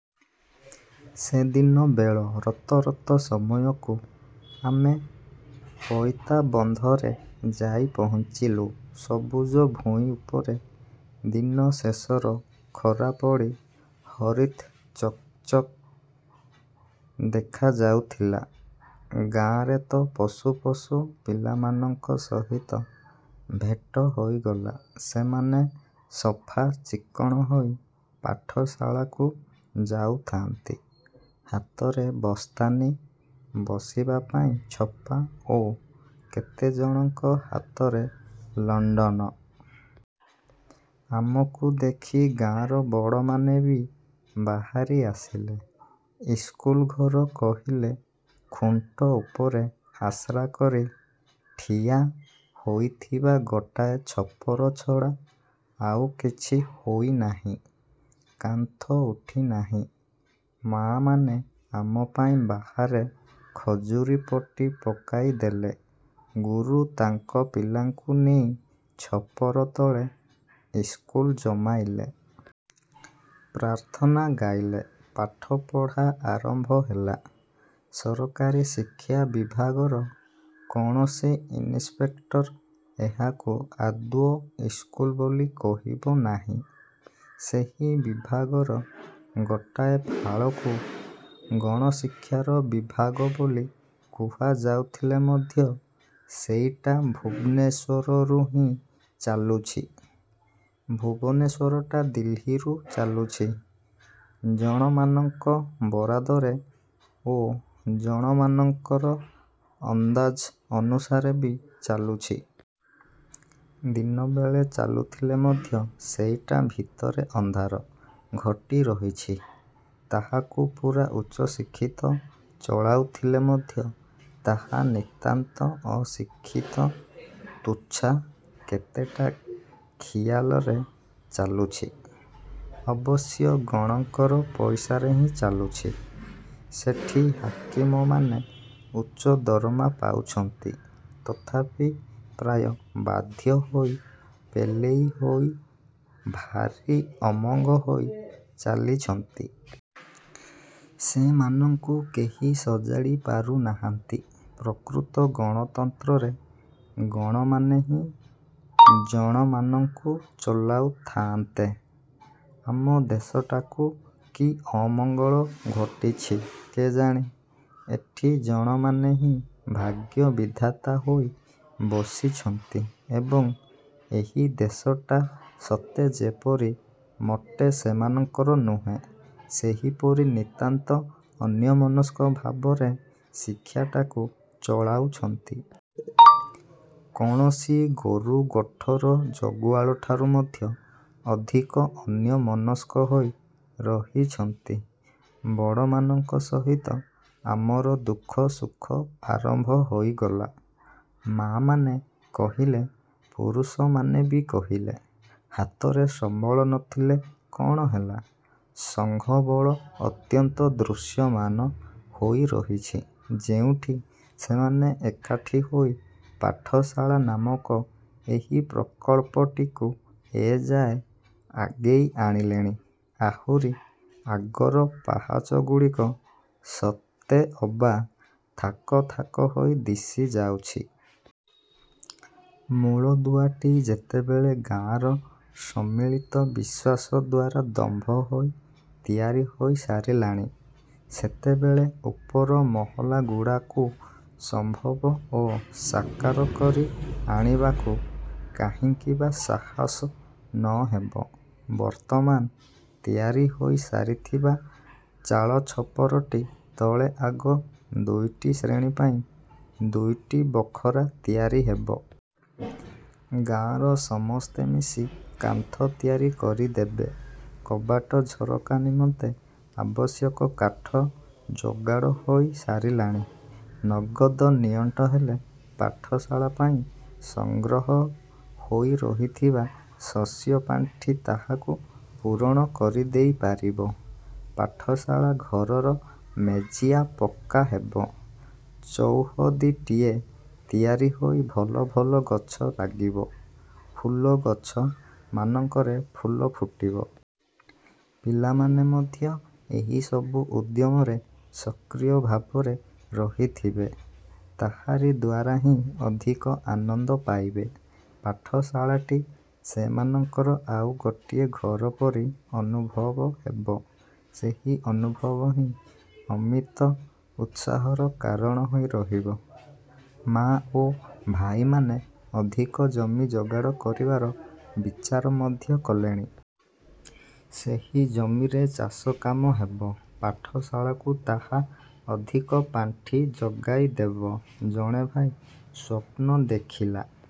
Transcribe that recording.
ସେଦିନ ବେଳ ରତ ରତ ସମୟକୁ ଆମେ ପଇଦାବନ୍ଧରେ ଯାଇ ପହଞ୍ଚିଲୁ। ସବୁଜ ଭୂଇଁ ଉପରେ ଦିନଶେଷର ଖରା ପଡ଼ି ହରିତ୍ ଚକ୍ଚକ୍ ଦେଖାଯାଉଥିଲା। ଗାଆଁରେ ତ ପଶୁ ପଶୁ ପିଲାମାନଙ୍କ ସହିତ ଭେଟ ହୋଇଗଲା। ସେମାନେ ସଫା ଚିକ୍କଣ ହୋଇ ପାଠଶାଳାକୁ ଯାଉଥାନ୍ତି-। ହାତରେ ବସ୍ତାନି, ବସିବା ପାଇଁ ଛପା ଓ କେତେଜଣଙ୍କ ହାତରେ ଲଣ୍ଡନ। ଆମକୁ ଦେଖି ଗାଆଁର ବଡ଼ମାନେ ବି ବାହାରି ଆସିଲେ। ଇସ୍କୁଲ ଘର କହିଲେ ଖୁଣ୍ଟ ଉପରେ ଆଶ୍ରାକରି ଠିଆ ହୋଇଥିବା ଗୋଟାଏ ଛପର ଛଡ଼ା ଆଉ କିଛି ହୋଇନାହିଁ। କାନ୍ଥ ଉଠିନାହିଁ। ମାଆମାନେ ଆମ ପାଇଁ ବାହାରେ ଖଜୁରିପଟି ପକାଇଦେଲେ। ଗୁରୁ ତାଙ୍କ ପିଲାଙ୍କୁ ନେଇ ଛପର ତଳେ ଇସ୍କୁଲ ଜମାଇଲେ। ପ୍ରାର୍ଥନା ଗାଇଲେ। ପାଠପଢ଼ା ଆରମ୍ଭ ହେଲା। ସରକାରୀ ଶିକ୍ଷା ବିଭାଗର କୌଣସି ଇନିସ୍ପେକ୍ଟର ଏହାକୁ ଆଦୌ ଇସ୍କୁଲ ବୋଲି କହିବ ନାହିଁ। ସେହି ବିଭାଗର ଗୋଟାଏ ଫାଳକୁ ଗଣଶିକ୍ଷାର ବିଭାଗ ବୋଲି କୁହାଯାଉଥିଲେ ମଧ୍ୟ ସେଇଟା ଭୁବନେଶ୍ୱରରୁ ହିଁ ଚାଲୁଛି। ଭୁବନେଶ୍ୱରଟା ଦିଲ୍ଲୀରୁ ଚାଲୁଛି। ଜଣମାନଙ୍କ ବରାଦରେ ଓ ଜଣମାନଙ୍କର ଅନ୍ଦାଜ ଅନୁସାରେ ବି ଚାଲୁଛି। ଦିନବେଳେ ଚାଲୁଥିଲେ ମଧ୍ୟ ସେଇଟା ଭିତରେ ଅନ୍ଧାର ଘୋଟି ରହିଛି। ତାହାକୁ ପୂରା ଉଚ୍ଚଶିକ୍ଷିତ ଚଳାଉଥିଲେ ମଧ୍ୟ ତାହା ନିତାନ୍ତ ଅଶିକ୍ଷିତ ତୁଚ୍ଛା କେତେଟା ଖିଆଲରେ ଚାଲୁଛି। ଅବଶ୍ୟ ଗଣଙ୍କର ପଇସାରେ ହିଁ ଚାଲୁଛି। ସେଠି ହାକିମମାନେ ଉଚ୍ଚ ଦରମା ପାଉଛନ୍ତି। ତଥାପି ପ୍ରାୟ ବାଧ୍ୟ ହୋଇ ପେଲେଇ ହୋଇ ଭାରି ଅମଙ୍ଗ ହୋଇ ଚାଲିଛନ୍ତି। ସେମାନଙ୍କୁ କେହି ସଜାଡ଼ି ପାରୁନାହାନ୍ତି। ପ୍ରକୃତ ଗଣତନ୍ତ୍ରରେ ଗଣମାନେ ହିଁ ଜଣମାନଙ୍କୁ ଚଲାଉ ଥାଆନ୍ତେ। ଆମ ଦେଶଟାକୁ କି ଅମଙ୍ଗଳ ଘୋଟିଛି କେଜାଣି, ଏଠି ଜଣମାନେ ହିଁ ଭାଗ୍ୟବିଧାତା ହୋଇ ବସିଛନ୍ତି ଏବଂ, ଏହି ଦେଶଟା ସତେ ଯେପରି ମୋଟେ ସେମାନଙ୍କର ନୁହେଁ, ସେହିପରି ନିତାନ୍ତ ଅନ୍ୟମନସ୍କ ଭାବରେ ଶିକ୍ଷାଟାକୁ ଚଳାଉଛନ୍ତି। କୌଣସି ଗୋରୁଗୋଠର ଜଗୁଆଳଠାରୁ ମଧ୍ୟ ଅଧିକ ଅନ୍ୟମନସ୍କ ହୋଇ ରହିଛନ୍ତି। ବଡ଼ମାନଙ୍କ ସହିତ ଆମର ଦୁଃଖ ସୁଖ ଆରମ୍ଭ ହୋଇଗଲା। ମାଆମାନେ କହିଲେ, ପୁରଷମାନେ ବି କହିଲେ। ହାତରେ ସମ୍ବଳ ନଥିଲେ କ'ଣ ହେଲା, ସଂଘବଳ ଅତ୍ୟନ୍ତ ଦୃଶ୍ୟମାନ ହୋଇରହିଛି। ଯେଉଁଠି ସେମାନେ ଏକାଠି ହୋଇ ପାଠଶାଳା ନାମକ ଏହି ପ୍ରକଳ୍ପଟିକୁ ଏଯାଏ ଆଗେଇ ଆଣିଲେଣି, ଆହୁରି ଆଗର ପାହାଚଗୁଡ଼ିକ ସତେଅବା ଥାକ ଥାକ ହୋଇ ଦିଶିଯାଉଛି। ମୂଳଦୁଆଟି ଯେତେବେଳେ ଗାଆଁର ସମ୍ମିଳିତ ବିଶ୍ୱାସ ଦ୍ଵାରା ଦମ୍ଭ ହୋଇ ତିଆରି ହୋଇ ସାରିଲାଣି, ସେତେବେଳେ ଉପର ମହଲାଗୁଡ଼ାକୁ ସମ୍ଭବ ଓ ସାକାର କରି ଆଣିବାକୁ କାହିଁକି ବା ସାହସ ନହେବ? ବର୍ତ୍ତମାନ ତିଆରି ହୋଇ ସାରିଥିବା ଚାଳଛପରଟି ତଳେ ଆଗ ଦୁଇଟି ଶ୍ରେଣୀ ପାଇଁ ଦୁଇଟି ବଖରା ତିଆରି ହେବ। ଗାଆଁର ସମସ୍ତେ ମିଶି କାନ୍ଥ ତିଆରି କରିଦେବେ। କବାଟ ଝରକା ନିମନ୍ତେ ଆବଶ୍ୟକ କାଠ ଯୋଗାଡ଼ ହୋଇ ସାରିଲାଣି। ନଗଦ ନିଅଣ୍ଟ ହେଲେ ପାଠଶାଳା ପାଇଁ ସଂଗ୍ରହ ହୋଇ ରହିଥିବା ଶସ୍ୟପାଣ୍ଠି ତାହାକୁ ପୂରଣ କରିଦେଇ ପାରିବ। ପାଠଶାଳା ଘରର ମେଜିଆ ପକ୍କା ହେବ। ଚଉହଦୀଟିଏ ତିଆରି ହୋଇ ଭଲ ଭଲ ଗଛ ଲାଗିବ, ଫୁଲଗଛ ମାନଙ୍କରେ ଫୁଲ ଫୁଟିବ। ପିଲାମାନେ ମଧ୍ୟ ଏହିସବୁ ଉଦ୍ୟମରେ ସକ୍ରିୟ ଭାବରେ ରହିଥିବେ। ତାହାରି ଦ୍ୱାରା ହିଁ ଅଧିକ ଆନନ୍ଦ ପାଇବେ। ପାଠଶାଳାଟି ସେମାନଙ୍କର ଆଉ ଗୋଟିଏ ଘର ପରି ଅନୁଭବ ହେବ। ସେହି ଅନୁଭବ ହିଁ ଅମିତ ଉତ୍ସାହର କାରଣ ହୋଇ ରହିବ। ମାଆ ଓ ଭାଇମାନେ ଅଧିକ ଜମି ଯୋଗାଡ଼ କରିବାର ବିଚାର ମଧ୍ୟ କଲେଣି। ସେହି ଜମିରେ ଚାଷକାମ ହେବ। ପାଠଶାଳାକୁ ତାହା ଅଧିକ ପାଣ୍ଠି ଯୋଗାଇଦେବ। ଜଣେ ଭାଇ ସ୍ଵପ୍ନ ଦେଖିଲା